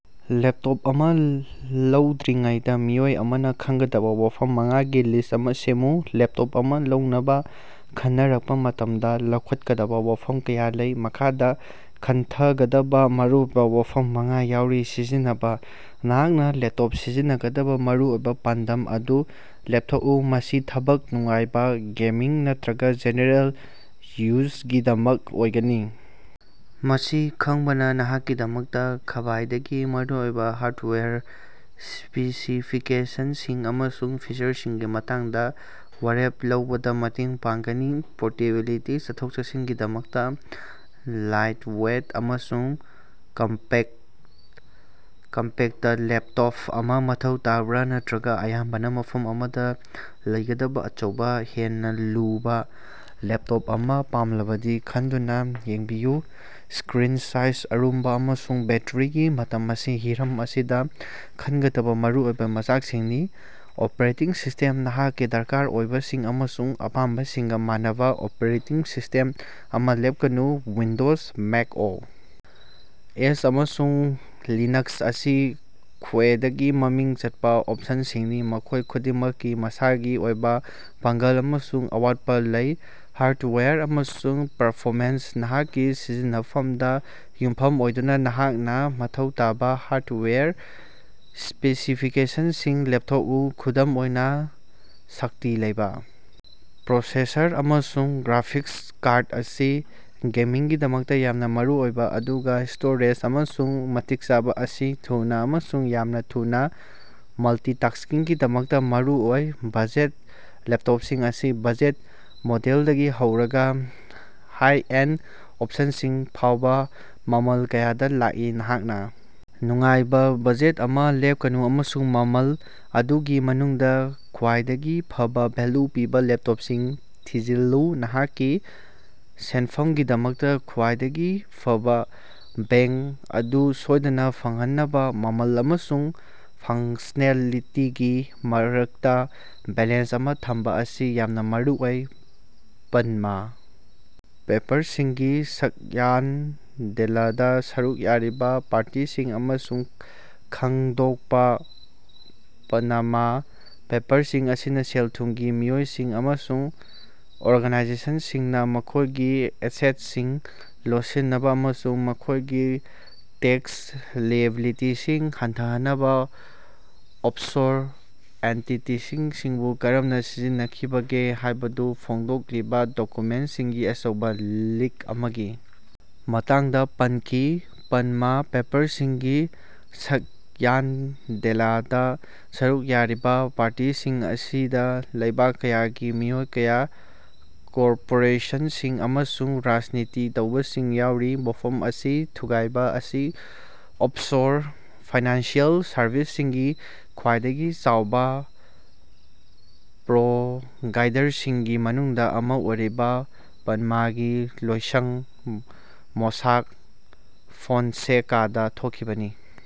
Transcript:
Laptop ꯑꯃꯥ ꯂꯧꯗ꯭ꯔꯤꯉꯩꯗꯥ ꯃꯤꯑꯣꯏ ꯑꯃꯅ ꯈꯪꯒꯗꯕ ꯋꯥꯐꯝ ꯃꯉꯥꯒꯤ ꯂꯤꯁ꯭ꯠ ꯑꯃ ꯁꯦꯝꯃꯨ꯫ ꯂꯦꯞꯇꯣꯞ ꯑꯃ ꯂꯧꯅꯕ ꯈꯟꯅꯔꯛꯄ ꯃꯇꯝꯗ ꯂꯧꯈꯠꯀꯗꯕ ꯋꯥꯐꯝ ꯀꯌꯥ ꯂꯩ꯫ ꯃꯈꯥꯗ ꯈꯟꯊꯒꯗꯕ ꯃꯔꯨꯑꯣꯏꯕ ꯋꯥꯐꯝ ꯃꯉꯥ ꯌꯥꯎꯔꯤ ꯁꯤꯖꯤꯟꯅꯕ ꯅꯍꯥꯛꯅ ꯂꯦꯄꯇꯣꯞ ꯁꯤꯖꯤꯟꯉꯗꯕ ꯃꯔꯨꯑꯣꯏꯕ ꯄꯥꯟꯗꯝ ꯑꯗꯨ ꯂꯦꯞꯊꯣꯛꯎ꯫ ꯃꯁꯤ ꯊꯕꯛ, ꯅꯨꯡꯉꯥꯏꯕ, ꯒꯦꯃꯤꯡ ꯅꯠꯇꯔꯒ ꯖꯦꯅꯦꯔꯦꯜ ꯌꯨꯖꯒꯤꯗꯃꯛ ꯑꯣꯏꯒꯅꯤ? ꯃꯁꯤ ꯈꯪꯕꯅ ꯅꯍꯥꯛꯀꯤꯗꯃꯛꯇ ꯈ꯭ꯕꯥꯏꯗꯒꯤ ꯃꯔꯨꯑꯣꯏꯕ ꯍꯥꯔꯗꯋꯥꯌꯔ ꯁ꯭ꯄꯦꯁꯤꯐꯤꯀꯦꯁꯅꯁꯤꯡ ꯑꯃꯁꯨꯡ ꯐꯤꯆꯔꯁꯤꯡꯒꯤ ꯃꯇꯥꯡꯗ ꯋꯥꯔꯦꯞ ꯂꯧꯕꯗ ꯃꯇꯦꯡ ꯄꯥꯡꯒꯅꯤ꯫ ꯄꯣꯔꯇꯦꯕꯤꯂꯤꯇꯤ ꯆꯠꯊꯣꯛ-ꯆꯠꯁꯤꯒꯤꯗꯃꯛꯇ ꯂꯥꯏꯠꯋꯦꯠ ꯑꯃꯁꯨꯡ ꯀꯝꯄꯦꯛꯇꯂꯦꯞꯇꯣꯞ ꯑꯃ ꯃꯊꯧ ꯇꯥꯕꯔ ꯅꯠꯇꯔꯒ ꯑꯌꯥꯝꯕꯅ ꯃꯐꯝ ꯑꯃꯗ ꯂꯩꯒꯗꯕ ꯑꯆꯧꯕ, ꯍꯦꯟꯅ ꯂꯨꯕꯥ ꯂꯦꯞꯇꯣꯞ ꯑꯃ ꯄꯥꯝꯂꯕꯗꯤ ꯈꯟꯗꯨꯅ ꯌꯦꯡꯕꯤꯌꯨ꯫ ꯁ꯭ꯀꯔꯤꯟ ꯁꯥꯏꯖ, ꯑꯔꯨꯝꯕ, ꯑꯃꯁꯨꯡ ꯕꯦꯠꯇ꯭ꯔꯤꯒꯤ ꯃꯇꯝ ꯑꯁꯤ ꯍꯤꯔꯝ ꯑꯁꯤꯗ ꯈꯟꯒꯗꯕ ꯃꯔꯨꯑꯣꯏꯕ ꯃꯆꯥꯛꯁꯤꯡꯅꯤ꯫ ꯑꯣꯄꯔꯦꯇꯤꯡ ꯁꯤꯁ꯭ꯇꯦꯝ: ꯅꯍꯥꯛꯀꯤ ꯗꯔꯀꯥꯔ ꯑꯣꯏꯕꯁꯤꯡ ꯑꯃꯁꯨꯡ ꯑꯄꯥꯝꯕꯁꯤꯡꯒꯥ ꯃꯥꯟꯅꯕ ꯑꯣꯄꯔꯦꯇꯤꯡ ꯁꯤꯁ꯭ꯇꯦꯝ ꯑꯃ ꯂꯦꯞꯀꯅꯨ꯫ ꯋꯤꯟꯗꯣꯖ, ꯃꯦꯛ ꯑꯣ. ꯑꯦꯁ., ꯑꯃꯁꯨꯡ ꯂꯤꯅꯛꯁ ꯑꯁꯤ ꯈ꯭ꯋꯦꯏꯗꯒꯤ ꯃꯃꯤꯡ ꯆꯠꯄ ꯑꯣꯞꯁꯟꯁꯤꯡꯅꯤ, ꯃꯈꯣꯏ ꯈꯨꯗꯤꯡꯃꯛꯀꯤ ꯃꯁꯥꯒꯤ ꯑꯣꯏꯕ ꯄꯥꯡꯒꯜ ꯑꯃꯁꯨꯡ ꯑꯋꯥꯠꯄꯥ ꯂꯩ꯫ ꯍꯥꯔꯗꯋꯦꯌꯔ ꯑꯃꯁꯨꯡ ꯄꯔꯐꯣꯃꯦꯟꯁ: ꯅꯍꯥꯛꯀꯤ ꯁꯤꯖꯤꯟꯅꯐꯝꯗ ꯌꯨꯝꯐꯝ ꯑꯣꯏꯗꯨꯅ ꯅꯍꯥꯛꯅ ꯃꯊꯧ ꯇꯥꯕ ꯍꯥꯔꯗꯋꯦꯌꯔ ꯁ꯭ꯄꯦꯁꯤꯐꯤꯀꯦꯁꯟꯁꯤꯡ ꯂꯦꯞꯊꯣꯛꯎ꯫ ꯈꯨꯗꯝ ꯑꯣꯏꯅ, ꯁꯛꯇꯤ ꯂꯩꯕ ꯄ꯭ꯔꯣꯁꯦꯁꯔ ꯑꯃꯁꯨꯡ ꯒ꯭ꯔꯥꯐꯤꯛꯁ ꯀꯥꯔꯗ ꯑꯁꯤ ꯒꯦꯃꯤꯡꯒꯤꯗꯃꯛꯇ ꯌꯥꯝꯅ ꯃꯔꯨꯑꯣꯏ, ꯑꯗꯨꯒ ꯁ꯭ꯇꯣꯔꯦꯖ ꯑꯃꯁꯨꯡ ꯃꯇꯤꯛ ꯆꯥꯕ ꯑꯁꯤ ꯊꯨꯅ ꯑꯃꯁꯨꯡ ꯌꯥꯝꯅ ꯊꯨꯅ ꯃꯜꯇꯤꯇꯥ꯭ꯁꯀꯤꯡꯒꯤꯗꯃꯛꯇ ꯃꯔꯨꯑꯣꯏ꯫ ꯕꯖꯦꯠ: ꯂꯦꯞꯇꯣꯞꯁꯤꯡ ꯑꯁꯤ ꯕꯖꯦꯠ ꯃꯣꯗꯦꯜꯗꯒꯤ ꯍꯧꯔꯒ ꯍꯥꯏ-ꯑꯦꯟꯗ ꯑꯣꯞꯁꯟꯁꯤꯡ ꯐꯥꯎꯕ ꯃꯃꯜ ꯀꯌꯥꯗ ꯂꯥꯛꯏ꯫ ꯅꯍꯥꯛꯅ ꯅꯨꯡꯉꯥꯏꯕ ꯕꯖꯦꯠ ꯑꯃ ꯂꯦꯞꯀꯅꯨ, ꯑꯃꯁꯨꯡ ꯃꯃꯜ ꯑꯗꯨꯒꯤ ꯃꯅꯨꯡꯗ ꯈ꯭ꯋꯥꯏꯗꯒꯤ ꯐꯕ ꯚꯦꯜꯌꯨ ꯄꯤꯕ ꯂꯦꯞꯇꯣꯞꯁꯤꯡ ꯊꯤꯖꯤꯜꯂꯨ꯫ ꯅꯍꯥꯛꯀꯤ ꯁꯦꯟꯐꯝꯒꯤꯗꯃꯛꯇ ꯈ꯭ꯋꯥꯏꯗꯒꯤ ꯐꯕ ꯕꯦꯡ ꯑꯗꯨ ꯁꯣꯏꯗꯅ ꯐꯪꯍꯟꯅꯕ ꯃꯃꯜ ꯑꯃꯁꯨꯡ ꯐ꯭ꯪꯁꯅꯦꯂꯤꯇꯤꯒꯤ ꯃꯔꯛꯇ ꯕꯦꯂꯦꯟꯁ ꯑꯃ ꯊꯝꯕ ꯑꯁꯤ ꯌꯥꯝꯅ ꯃꯔꯨꯑꯣꯏ꯫ ꯄꯅꯃꯥ ꯄꯦꯄ꯭ꯔꯁꯤꯡꯒꯤ ꯁ꯭ꯛꯌꯥꯟꯗꯦꯂꯗꯥ ꯁꯔꯨꯛ ꯌꯥꯔꯤꯕ ꯄꯥꯔꯇꯤꯁꯤꯡ ꯃꯁꯛ ꯈꯉꯗꯣꯛꯄ꯫ ꯄꯅꯃꯥ ꯄꯦꯄ꯭ꯔꯁꯤꯡ ꯑꯁꯤꯅ ꯁꯦꯜ ꯊꯨꯝꯒꯤ ꯃꯤꯑꯣꯏꯁꯤꯡ ꯑꯃꯁꯨꯡ ꯑꯣꯔꯒꯅꯥꯏꯖꯦꯁꯟꯁꯤꯡꯅ ꯃꯈꯣꯏꯒꯤ ꯑꯦꯁꯦꯠꯁꯤꯡ ꯂꯣꯠꯁꯤꯟꯅꯕꯥ ꯑꯃꯁꯨꯡ ꯃꯈꯣꯏꯒꯤ ꯇꯦꯛꯁ ꯂꯤꯑꯦꯕꯤꯂꯤꯇꯤꯁꯤꯡ ꯍꯟꯊꯍꯟꯅꯕ ꯑꯣꯐꯁꯣꯔ ꯑꯦꯟꯇꯤꯇꯤꯁꯤꯡꯕꯨ ꯀꯔꯝꯅ ꯁꯤꯖꯤꯟꯅꯈꯤꯕꯒꯦ ꯍꯥꯏꯕꯗꯨ ꯐꯣꯡꯗꯣꯛꯂꯤꯕ ꯗꯣꯀꯨꯃꯦꯟꯠꯁꯤꯡꯒꯤ ꯑꯆꯧꯕ ꯂꯤꯛ ꯑꯃꯒꯤ ꯃꯇꯥꯡꯗ ꯄꯟꯈꯤ꯫ ꯄꯅꯃꯥ ꯄꯦꯄ꯭ꯔꯁꯤꯡꯒꯤ ꯁ꯭ꯛꯌꯥꯟꯗꯦꯂꯗꯥ ꯁꯔꯨꯛ ꯌꯥꯔꯤꯕ ꯄꯥꯔꯇꯤꯁꯤꯡ ꯑꯁꯤꯗ ꯂꯩꯕꯥꯛ ꯀꯌꯥꯒꯤ ꯃꯤꯑꯣꯏ ꯀꯌꯥ, ꯀꯣꯔꯄꯣꯔꯦꯁꯟꯁꯤꯡ ꯑꯃꯁꯨꯡ ꯔꯥꯖꯅꯤꯇꯤ ꯇꯧꯕꯁꯤꯡ ꯌꯥꯎꯔꯤ꯫ ꯋꯥꯐꯝ ꯑꯁꯤ ꯊꯨꯒꯥꯏꯕ ꯑꯁꯤ ꯑꯣꯐꯁꯣꯔ ꯐꯥꯏꯅꯥꯟꯁꯤꯑꯦꯜ ꯁꯔꯕꯤꯁꯁꯤꯡꯒꯤ ꯈ꯭ꯋꯥꯏꯗꯒꯤ ꯆꯥꯎꯕ ꯄ꯭ꯔꯣꯚꯥꯏꯗꯔꯁꯤꯡꯒꯤ ꯃꯅꯨꯡꯗ ꯑꯃ ꯑꯣꯏꯔꯤꯕ ꯄꯅꯃꯥꯒꯤ ꯂꯣꯏꯁꯪ ꯃꯣꯁꯥꯛ ꯐꯣꯟꯁꯦꯀꯥꯗ ꯊꯣꯛꯈꯤꯕꯅꯤ꯫